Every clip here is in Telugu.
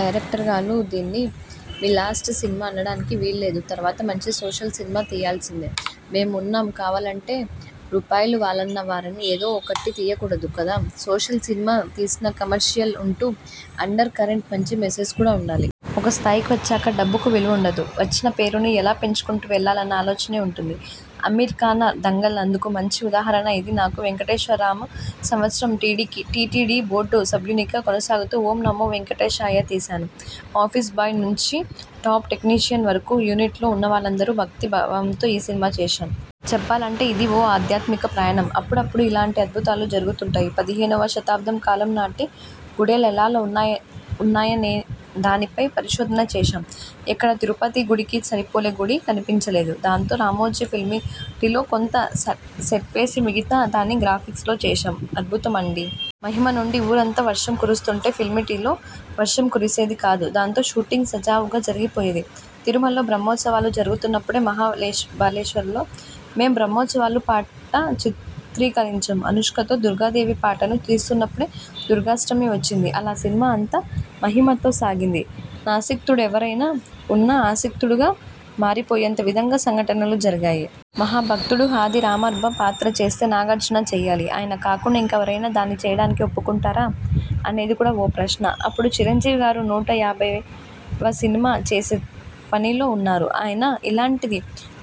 డైరెక్టర్ గారు. దీన్ని మీ లాస్ట్ సినిమా అనడానికి వీల్లేదు. తర్వాత మంచి సోషల్ సినిమా తియ్యాల్సిందే. మేం ఉన్నాం. కావాలంటే రూపాయలు. వాళ్లన్నారని ఏదో ఒకటి తియ్యకూడదు కదా. సోషల్ సినిమా తీసినా, కమర్షియల్గా ఉంటూ అండర్ కరెంట్ మంచి మెసేజ్ కూడా ఉండాలి. ఒక స్థాయికి వచ్చాక డబ్బుకు విలువుండదు. వచ్చిన పేరును ఎలా పెంచుకుంటూ వెళ్లాలన్న ఆలోచనే ఉంటుంది. అమీర్ఖాన 'దంగల్' అందుకు మంచి ఉదాహరణ ఇది నాకు వేంకటేశ్వరనామ సంవత్సరం. టీటీ టీటీడీ బోర్డు సభ్యునిగా కొనసాగుతూ, 'ఓం నమో వేంకటేశాయ' తీశాను. ఆఫీస్ బాయ్ నుంచి టాప్ టెక్నీషియన్ వరకూ యూనిట్లో ఉన్నవాళ్లందరు భక్తిభావంతో ఈ సినిమా చేశాం. చెప్పాలంటే ఇది ఓ ఆధ్యాత్మిక ప్రయాణం. అప్పుడప్పుడూ ఇలాంటి అద్భుతాలు జరుగుతుంటాయి. పదిహేనువ శతాబ్దం కాలం నాటి గుడులెలా ఉన్నాయ్ ఉన్నాయనేదానిపై పరిశోధన చేశాం ఎక్కడా తిరుపతి గుడికి సరిపోలే గుడి కనిపించలేదు. దాంతో రామోజీ ఫిల్మి లో కొంత సెట్వేసి, మిగతా దాన్ని గ్రాఫిక్స్లో చేశాం. అధ్బుతమనండి.. మహిమనండి.. ఊరంతా వర్షం కురుస్తుంటే ఫిల్మిటిలో వర్షం కురిసేది కాదు. దాంతో షూటింగ్ సజావుగా జరిగిపోయేది. తిరుమలలో బ్రహ్మోత్సవాలు జరుగుతున్నప్పుడే మహాబలేశ్వరంలో మేం బ్రహ్మోత్సవాల పాట చిత్రీకరించాం. అనుష్కతో దుర్గాదేవి పాటను తీస్తున్నప్పుడే దుర్గాష్టమి వచ్చింది. అలా సినిమా అంతా మహిమతో సాగింది. నాసిక్తుడెవరైనా ఉన్నా ఆస్తికుడిగా మారిపోయేంత విధంగా సంఘటనలు జరిగాయి. మహాభక్తుడు హాథీరామ్బాబా పాత్ర చేస్తే నాగార్జున చెయ్యాలి. ఆయన కాకుండా ఇంకెవరైనా దాన్ని చెయ్యడానికి ఒప్పుకుంటారా? అనేది కూడా ఓ ప్రశ్న. అప్పుడు చిరంజీవిగారు నూట యాభైవ సినిమా చేసే పనిలో ఉన్నారు ఆయన ఇలాంటిది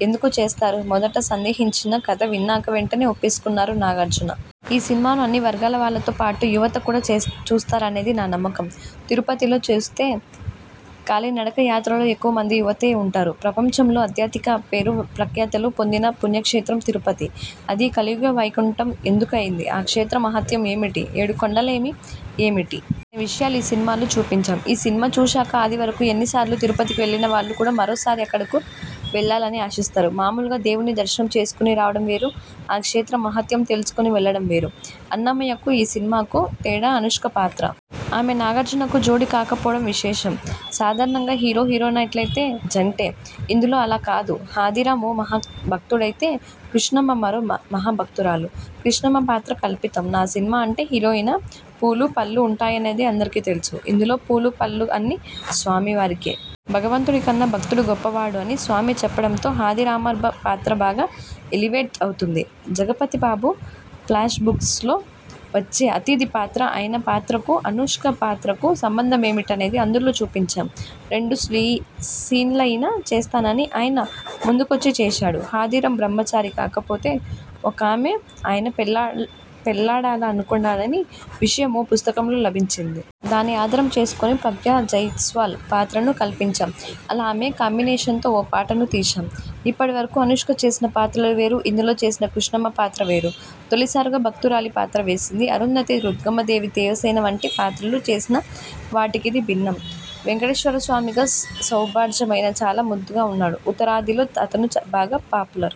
ఎందుకు చేస్తారు? మొదట సందేహించినా కథ విన్నాక వెంటనే ఒప్పేసుకున్నారు నాగార్జున. ఈ సినిమాను అన్ని వర్గాలవాళ్లతో పాటు యువత కూడా చెస్ చూస్తారనేది నా నమ్మకం. తిరుపతిలో చూస్తే కాలినడక యాత్రలో ఎక్కువమంది యువతే ఉంటారు. ప్రపంచంలో అత్యధిక పేరు ప్రఖ్యాతులు పొందిన పుణ్యక్షేత్రం తిరుపతి. అది 'కలియుగ వైకుంఠం' ఎందుకయ్యింది? ఆ క్షేత్ర మహాత్యం ఏమిటి? ఏడు కొండలనేమి ఏమిటి? అనే విషయాలు ఈ సినిమాలో చూపించాం. ఈ సినిమా చూశాక అదివరకు ఎన్నిసార్లు తిరుపతికి వెళ్లినవాళ్లు కూడా మరోసారి అక్కడకు వెళ్లాలని ఆశిస్తారు. మామూలుగా దేవుడ్ని దర్శనం చేసుకుని రావడం వేరు, ఆ క్షేత్ర మహాత్యం తెలుసుకొని వెళ్లడం వేరు. 'అన్నమయ్య'కూ, ఈ సినిమాకూ తేడా అనుష్క పాత్ర. ఆమె నాగార్జునకు జోడీ కాకపోవడం విశేషం. సాధారణంగా హీరో హీరోయిన్లంటే జంటే. ఇందులో అలా కాదు. హాథీరాం ఓ మహాభక్తుడైతే, కృష్ణమ్మ మరో మహాభక్తురాలు. కృష్ణమ్మ పాత్ర కల్పితం. నా సినిమా అంటే హీరోయిన, పూలు, పళ్లు ఉంటాయనేది అందరికీ తెలుసు. ఇందులో పూలు, పళ్లు అన్నీ స్వామివారికే. భగవంతుడికన్నా భక్తుడు గొప్పవాడు అని స్వామి చెప్పడంతో హాథీరామ్బాబా పాత్ర బాగా ఎలివేట్ అవుతుంది. జగపతిబాబు ఫ్లాష్బ్యాక్లో వచ్చే అతిథి పాత్ర. ఆయన పాత్రకూ, అనుష్క పాత్రకూ సంబంధమేమీటనేది అందులో చూపించాం. రెండు సీ సీన్లయినా చేస్తానని ఆయన ముందుకొచ్చి చేశాడు. హాథీరామ్ బ్రహ్మచారి. కాకపోతే ఒకామెను ఆయన పెళ్లా పెళ్లాడాలనుకున్నాడనే విషయం ఓ పుస్తకంలో లభించింది. దాన్ని ఆధారం చేసుకొని ప్రగ్యా జైస్వాల్ పాత్రను కల్పించాం. అలా ఆమె కాంబినేషనతో ఓ పాటను తీశాం. ఇప్పటివరకూ అనుష్క చేసిన పాత్రలు వేరు, ఇందులో చేసిన కృష్ణమ్మ పాత్ర వేరు. తొలిసారిగా భక్తురాలి పాత్ర వేసింది. అరుంధతి, రుద్రమదేవి, దేవసేన వంటి పాత్రలు చేసినా, వాటికిది భిన్నం. వేంకటేశ్వరస్వామిగా సౌభ్జైన చాలా ముద్దుగా ఉన్నాడు. ఉత్తరాదిలో అతను బాగా పాపులర్.